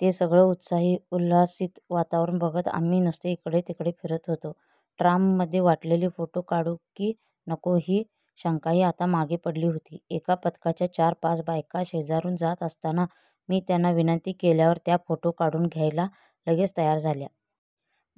ते सगळं उत्साही, उल्हसित वातावरण बघत आम्ही नुसते इकडे तिकडे फिरत होतो. ट्राममध्ये वाटलेली फोटो काढू की नको ही शंकाही आता मागे पडली होती. एका पथकाच्या चार-पाच बायका शेजारून जात असताना मी त्यांना विनंती केल्यावर त्या फोटो काढून घ्यायला लगेच तयार झाल्या.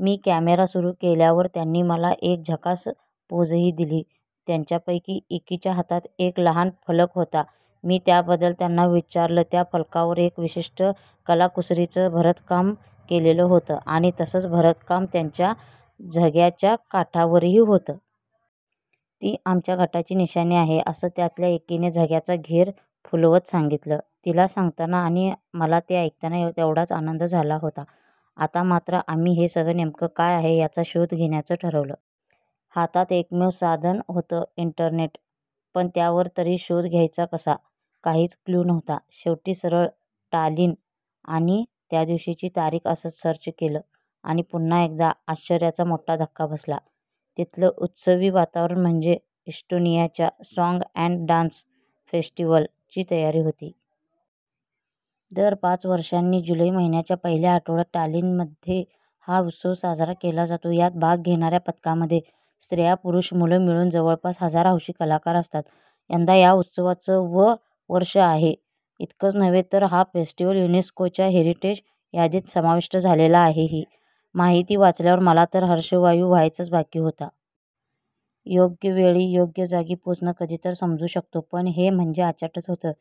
मी कॅमेरा सुरू केल्यावर त्यांनी मला एक झकास पोझही दिली. त्यांच्यापैकी एकीच्या हातात एक लहान फलक होता. मी त्याबद्दल त्यांना विचारलं. त्या फलकावर एक विशिष्ट कलाकुसरीचं भरतकाम केलेलं होतं, आणि तसंच भरतकाम त्यांच्या झग्याच्या काठांवरही होतं. 'ती आमच्या गटाची निशाणी आहे' असं त्यातल्या एकीने झग्याचा घेर फुलवत सांगितलं. तिला सांगताना आणि मला ते ऐकताना तेवढाच आनंद झाला होता. आता मात्र आम्ही हे सगळं नेमकं काय आहे, याचा शोध घेण्याचं ठरवलं. हातात एकमेव साधन होतं- इंटरनेट. पण त्यावर तरी शोध घ्यायचा कसा? काहीच क्लू नव्हता. शेवटी सरळ 'टालिन' आणि त्यादिवशीची तारीख असंच सर्च केलं, आणि पुन्हा एकदा आश्चर्याचा मोठा धक्का बसला- तिथलं उत्सवी वातावरण म्हणजे इस्टोनियाच्या 'साँग अँड डान्स फेस्टिव्हल'ची तयारी होती. दर पाच वर्षांनी जुलै महिन्याच्या पहिल्या आठवड्यात टालिनमध्ये हा उत्सव साजरा केला जातो. यात भाग घेणार्या पथकांमध्ये स्त्रिया-पुरूष-मुलं मिळून जवळपास हजार हौशी कलाकार असतात. यंदा या उत्सवाचं वं वर्ष आहे. इतकंच नव्हे तर हा फेस्टिवल युनेस्कोच्या हेरिटेज यादीत समाविष्ट झालेला आहेही माहिती वाचल्यावर मला तर हर्षवायू व्हायचाच बाकी होता. योग्यवेळी योग्य जागी पोहोचणं कधीतरी समजू शकतो; पण हे म्हणजे अचाटच होतं!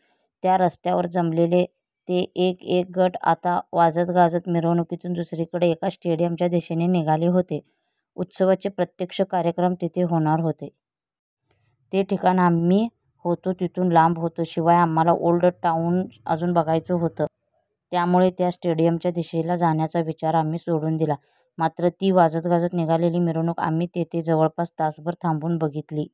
त्या रस्त्यावर जमलेले ते एक एक गट आता वाजतगाजत मिरवणुकीतून दुसरीकडे एका स्टेडियमच्या दिशेने निघाले होते. उत्सवाचे प्रत्यक्ष कार्यक्रम तिथे होणार होते. ते ठिकाण आम्ही होतो तिथून लांब होतं. शिवाय आम्हाला ओल्ड टाऊन अजून बघायचं होतं. त्यामुळे त्या स्टेडियमच्या दिशेला जाण्याचा विचार आम्ही सोडून दिला; मात्र ती वाजतगाजत निघालेली मिरवणूक आम्ही तिथे जवळपास तासभर थांबून बघितली.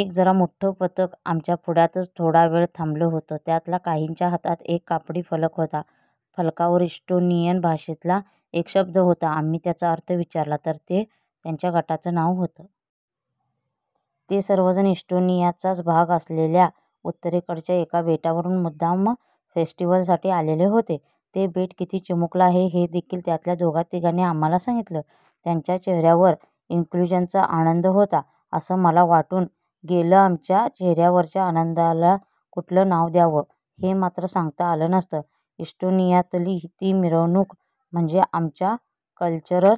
एक जरा मोठं पथक आमच्या पुढ्यातच थोडा वेळ थांबलं होतं. त्यातल्या काहींच्या हातात एक कापडी फलक होता. फलकावर इस्टोनियन भाषेतला एक शब्द होता. आम्ही त्याचा अर्थ विचारला तर ते त्यांच्या गटाचं नाव होतं. ते सर्वजण इस्टोनियाचाच भाग असलेल्या उत्तरेकडच्या एका बेटावरून मुद्दाम फेस्टिवलसाठी आलेले होते. ते बेट किती चिमुकलं आहे हेदेखील त्यातल्या दोघातिघांनी आम्हाला सांगितलं. त्यांच्या चेहर्यावर 'इन्क्लुजन'चा आनंद होता असं मला वाटून गेलंआमच्या चेहर्यावरच्या आनंदाला कुठलं नाव द्यावं, हे मात्र सांगता आलं नसतं. इस्टोनियातली ती मिरवणूक म्हणजे आमच्या 'कल्चरल